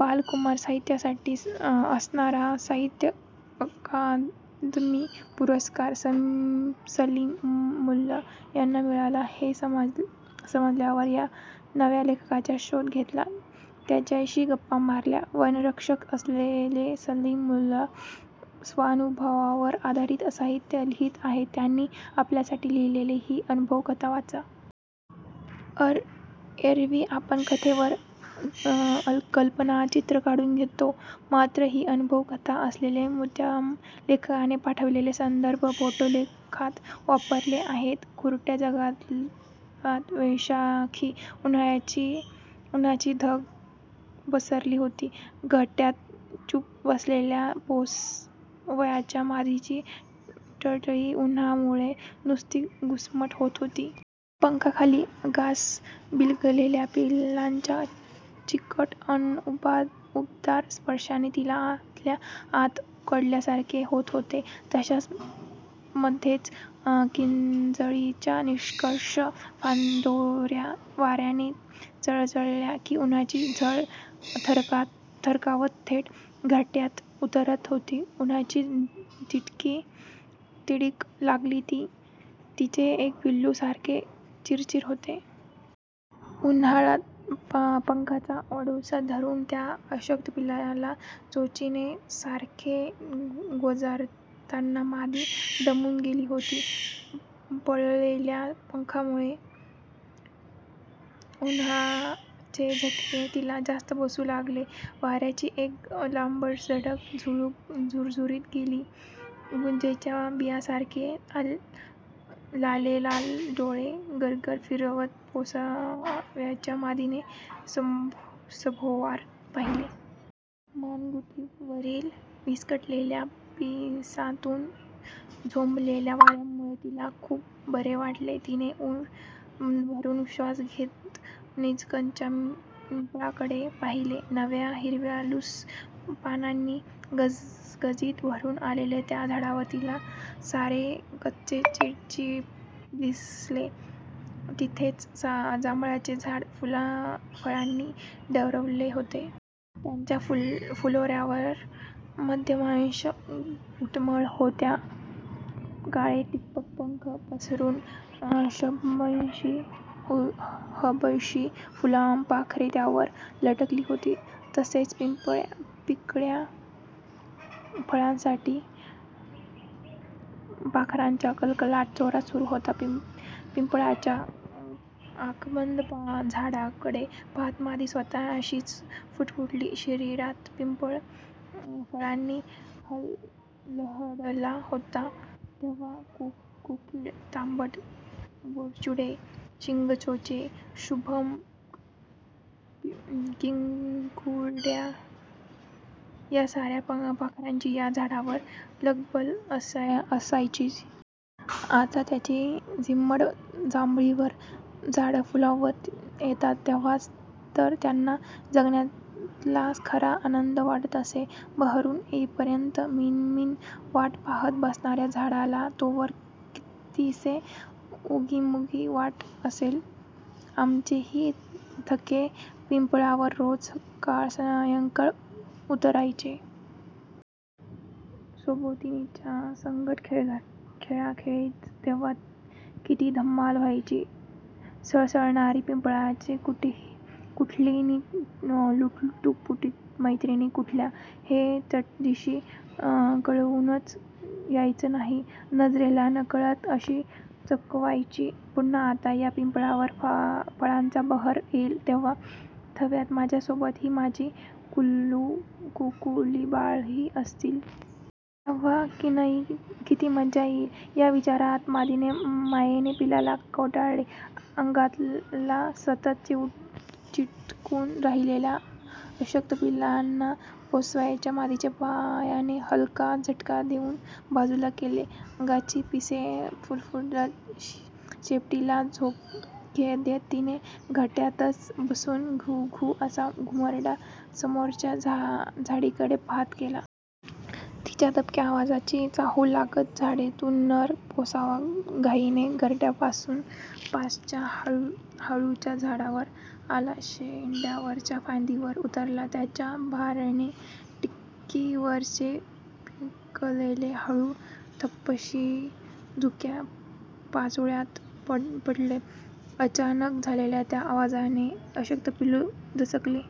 बाल-कुमार साहित्यासाठी असणारा साहित्य अकादमी पुरस्कार सलीम मुल्ला यांना मिळाला हे समजल्यावर या नव्या लेखकाचा शोध घेतला. त्यांच्याशी गप्पा मारल्या. वनरक्षक असलेले सलीम मुल्ला स्वानुभवावर आधारित साहित्य लिहीत आहेत. त्यांनी आपल्यासाठी लिहिलेली ही अनुभव-कथा वाचा. एरवी आपण कथेवर कल्पनाचित्र काढून घेतो, मात्र ही अनुभव-कथा असल्याने मुद्दाम लेखकाने पाठवलेले संदर्भ-फोटो लेखात वापरले आहेत. खुरट्या जंगलात वैशाखी उन्हाची धग पसरली होती. घरट्यात चुप्प बसलेल्या पोसव्याच्या मादीची टळटळीत उन्हामुळे नुसती घुसमट होत होती. पंखाखाली अंगास बिलगलेल्या पिलांच्या चिकट अन् उबदार स्पर्शाने तिला आतल्या आत उकडल्यासारखे झाले होते. तशात मध्येच किंजळीच्या निष्पर्ण फांदोऱ्या वाऱ्याने चळवळल्या की, उन्हाची झळ थरकावत थेट घरट्यात उतरत होती. उन्हाची तिडीक लागली की, तिचे एक पिलू सारखे चिरचिरत होते. उन्हाला पंखाचा आडोसा धरून त्या अशक्त पिलाला चोचीने सारखे गोंजारताना मादी दमून गेली होती. पघळलेल्या पंखामुळे उन्हाचे चटके तिला जास्त बसू लागले. वाऱ्याची एक लांबसडक झुळूक झुरझुरत गेली. गुंजेच्या बियांसारखे लालेलाल डोळे गरगर फिरवत पोसव्याच्या मादीने सभोवार पाहिले. मानगुटीवरील विस्कटलेल्या पिसांतून झोंबलेल्या वाऱ्यामुळे तिला खूप बरे वाटले. तिने ऊर भरून श्वास घेत नजीकच्या पिंपळाकडे पाहिले. नव्या हिरव्यालुस्स पानांनी गजगजीत भरून आलेल्या त्या झाडावर तिला सारे कसे चिडीचिप्प दिसले. तिथेच जांभळीचे झाड फुलाफळांनी डवरले होते. त्याच्या फुलोऱ्यावर मधमाशा घुटमळत होत्या. काळेठिप्प पंख पसरून हबशी फुलपाखरे त्यावर लटकली होती. तसेच पिकल्या फळांसाठी पाखरांचा कलकलाट जोरात सुरू होता. पिंपळाच्या आकबंद झाडाकडे पाहत मादी स्वतःशीच पुटपुटली, 'शिशिरात पिंपळ फळांनी लहडला होता तेव्हा कोकिळ, तांबट, बोचुर्डे, शिंगचोचे, सुभग, किंकुडऱ्या या साऱ्या पाखरांची या झाडावर लगबग असायची. आता त्यांची झिम्मड जांभळीवर..! झाडं फुल्लारून येतात तेव्हाच तर त्यांना जगण्यातला खरा स्वानंद वाटत असेल. बहरून येईपर्यंत मिणमिण वाट पाहत बसणाऱ्या झाडाला तोवर कितीसे उगीमुगी वाटत असेल! आमचेही थवे पिंपळावर रोज सकाळ-सायंकाळ उतरायचे. सोबतीणीच्या संगट खेळाखेळीत तेव्हा किती धम्माल व्हायची? सळसळणारी पिंपळपाने कुठली नि लुटपुटत्या मैत्रिणी कुठल्या! हे चटदिशी कळूनच यायचं नाही! नजरेला नकळत कशी चकवायची! पुन्हा आता या पिंपळावर फळांचा बहर येईल तेव्हा थव्यात माझ्यासोबत ही माझी कुकुलीबाळंही असतील. तेव्हा किनई किती मज्जा येईल!' या विचारात मादीने मायेने पिलांना कवटाळले. अंगाला सतत चिटकून राहिलेल्या अशक्त पिलांना पोसव्याच्या मादीने पायाने हलका झटका देऊन बाजूला केले. अंगाची पिसे फुलवून शेपटीला झोके देत तिने घरट्यातच बसून घु-घुव्व असा घुमरडा समोरच्या झाडीकडे पाहत केला. तिच्या दबक्या आवाजाची चाहूल लागताच झाडीतून नर पोसवा घाईने घरट्यापासच्या हाळूच्या झाडावर आला. शेंड्यावरच्या फांदीवर उतरताच त्याच्या भाराने टिक्कीवरचे पिकलेले हाळू धप्पदिशी सुक्या पाचोळ्यात पडले. अचानक झालेल्या त्या आवाजाने अशक्त पिलू दचकले.